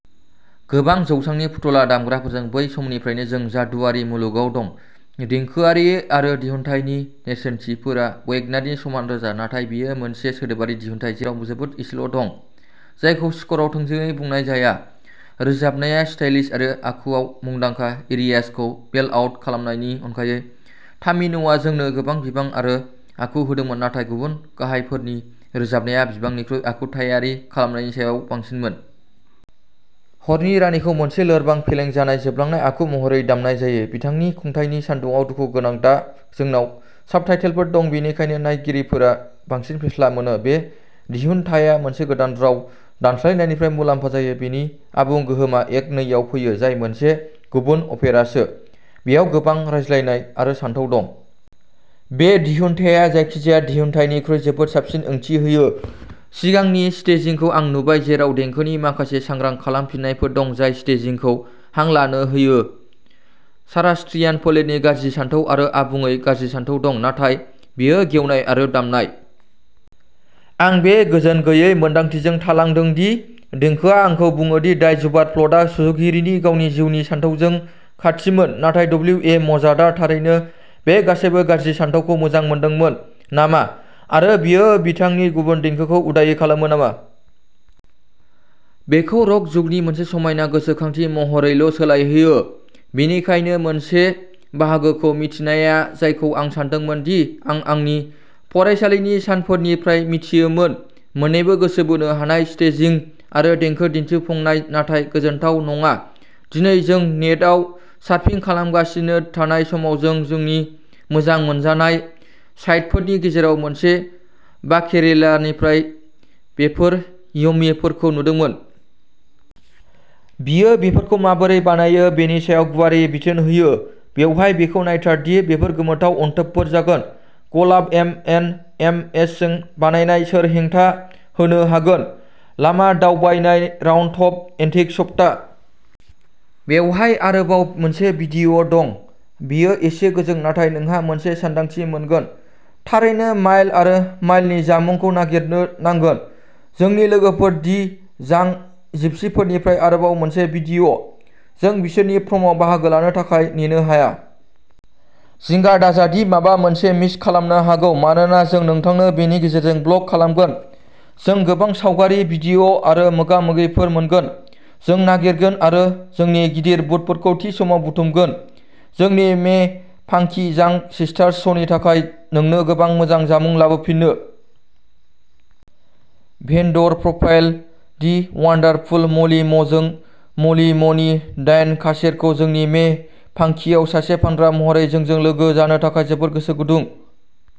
गोबां जौसांनि फुथुला दामग्राफोरजों बै समनिफ्रायनो जों जादुआरि मुलुगाव दं, देंखोआरि आरो दिहुनथायनि नेरसोनथिफोरा वेगनारनि समान रोजा। नाथाय बेयो मोनसे सोदोबारि दिहुनथाय, जेराव जोबोद एसेल' दं जायखौ स्क'रआव थोंजोङै बुंनाय जाया। रोजाबनाया स्टाइलिश आरो आखुआव मुंदांखा एरियासखौ बेल्ट आउट खालामनायनि अनगायै, तामिन'आ जोंनो गोबां बिबां आरो आखु होदोंमोन नाथाय गुबुन गाहायफोरनि रोजाबनाया बिबांनिख्रुइ आखुथायारि खालामनायनि सायाव बांसिनमोन। हरनि रानिखौ मोनसे लोरबां, फेलें जानाय, जोबलांनाय आखु महरै दामनाय जायो, बिथांनि खुंथायनि सान्दुंआव दुखुगोनां। दा जोंनाव साबटाइटेलफोर दं बेनिखायनो नायगिरिफोरा बांसिन फेस्ला मोनो। बे दिहुनथाया मोनसे गोदान राव दानस्लायनायनिफ्राय मुलाम्फा जायो, बेनि आबुं गोहोमआ एक्ट नैआव फैयो, जाय मोनसे गुबुन अपेरासो, बेयाव गोबां रायज्लायनाय आरो सानथौ दं। बे दिहुनथाया जायखिजाया दिहुनथायनिख्रुइ जोबोद साबसिन ओंथि होयो। सिगांनि स्टेजिंखौ आं नुबाय, जेराव देंखोनि माखासे सांग्रां खालामफिननायफोर दं, जाय स्टेजिंखौ हां लानो होयो। सारास्ट्रियान फोलेरनि गाज्रि सानथौ आरो आबुङै गाज्रि सानथौ दं, नाथाय बेयो गेवनाय आरो दामनाय। आं बे गोजोन गैयै मोन्दांथिजों थालांदों दि देंखोआ आंखौ बुङोदि डाई ज़ुबारफ्ल'टआ सुजुगिरिनि गावनि जिउनि सानथौजों खाथिमोन, नाथाय डब्लिउ ए मजार्टआ थारैनो बे गासैबो गाज्रि सानथौखौ मोजां मोनदोंमोन नामा आरो बेयो बिथांनि गुबुन देंखोखौ उदायै खालामो नामा? बेखौ र'क जुगनि मोनसे समायना गोसोखांथि महरैल' सोलायहोयो? बेनिखायनो मोनसे बाहागोखौ मिथिनाया जायखौ आं सान्दोंमोन दि आं आंनि फरायसालिनि सानफोरनिफ्राय मिथियोमोन, मोननैबो गोसो बोनो हानाय स्टेजिं आरो देंखो दिन्थिफुंनाय नाथाय गोजोनथाव नङा। दिनै जों नेटआव सार्फिं खालामगासिनो थानाय समाव जों जोंनि मोजां मोनजानाय साइटफोरनि गेजेराव मोनसे, बाकेरेलानिफ्राय बेफोर यम्मीफोरखौ नुदोंमोन। बियो बेफोरखौ माबोरै बानायो बेनि सायाव गुवारै बिथोन होयो। बेवहाय। बेखौ नायथार दि बेफोर गोमोथाव अनथोबफोर जागोन, गलाब एम एन्ड एम एसजों बानायनाय, सोर हेंथा होनो हागोन? लामा दावबायनाय! राउन्ड टप एन्टिकस सप्ता! बेवहाय आरोबाव मोनसे भिडिय' दं बेयो एसे गोजों, नाथाय नोंहा मोनसे सानदांथि मोनगोन। थारैनो माइल आरो माइलनि जामुंखौ नागिरनो नांगोन। जोंनि लोगोफोर दि जांक जिपसिफोरनिफ्राय आरोबाव मोनसे भिडिय'! जों बिसोरनि प्रमआव बाहागो लानो थाखाय नेनो हाया! जिंगा दाजा दि माबा मोनसे मिस खालामनो हागौ, मानोना जों नोंथांनो बेनि गेजेरजों ब्लग खालामगोन। जों गोबां सावगारि, भिडिय' आरो मोगा मोगिफोर मोनगोन। जों नागिरगोन आरो जोंनि गिदिर बुटफोरखौ थि समाव बुथुमगोन जोंनि मे फांकि जांक सिस्टार्स श'नि थाखाय नोंनो गोबां मोजां जामुं लाबोफिन्नो! भेन्डर प्रफाइल दि वन्डारफुल म'लि म' जों म'लि म'नि डायेन कासेरखौ जोंनि मे फांकिआव सासे फानग्रा महरै जोंजों लोगो जानो थाखाय जोबोद गोसो गुदुं।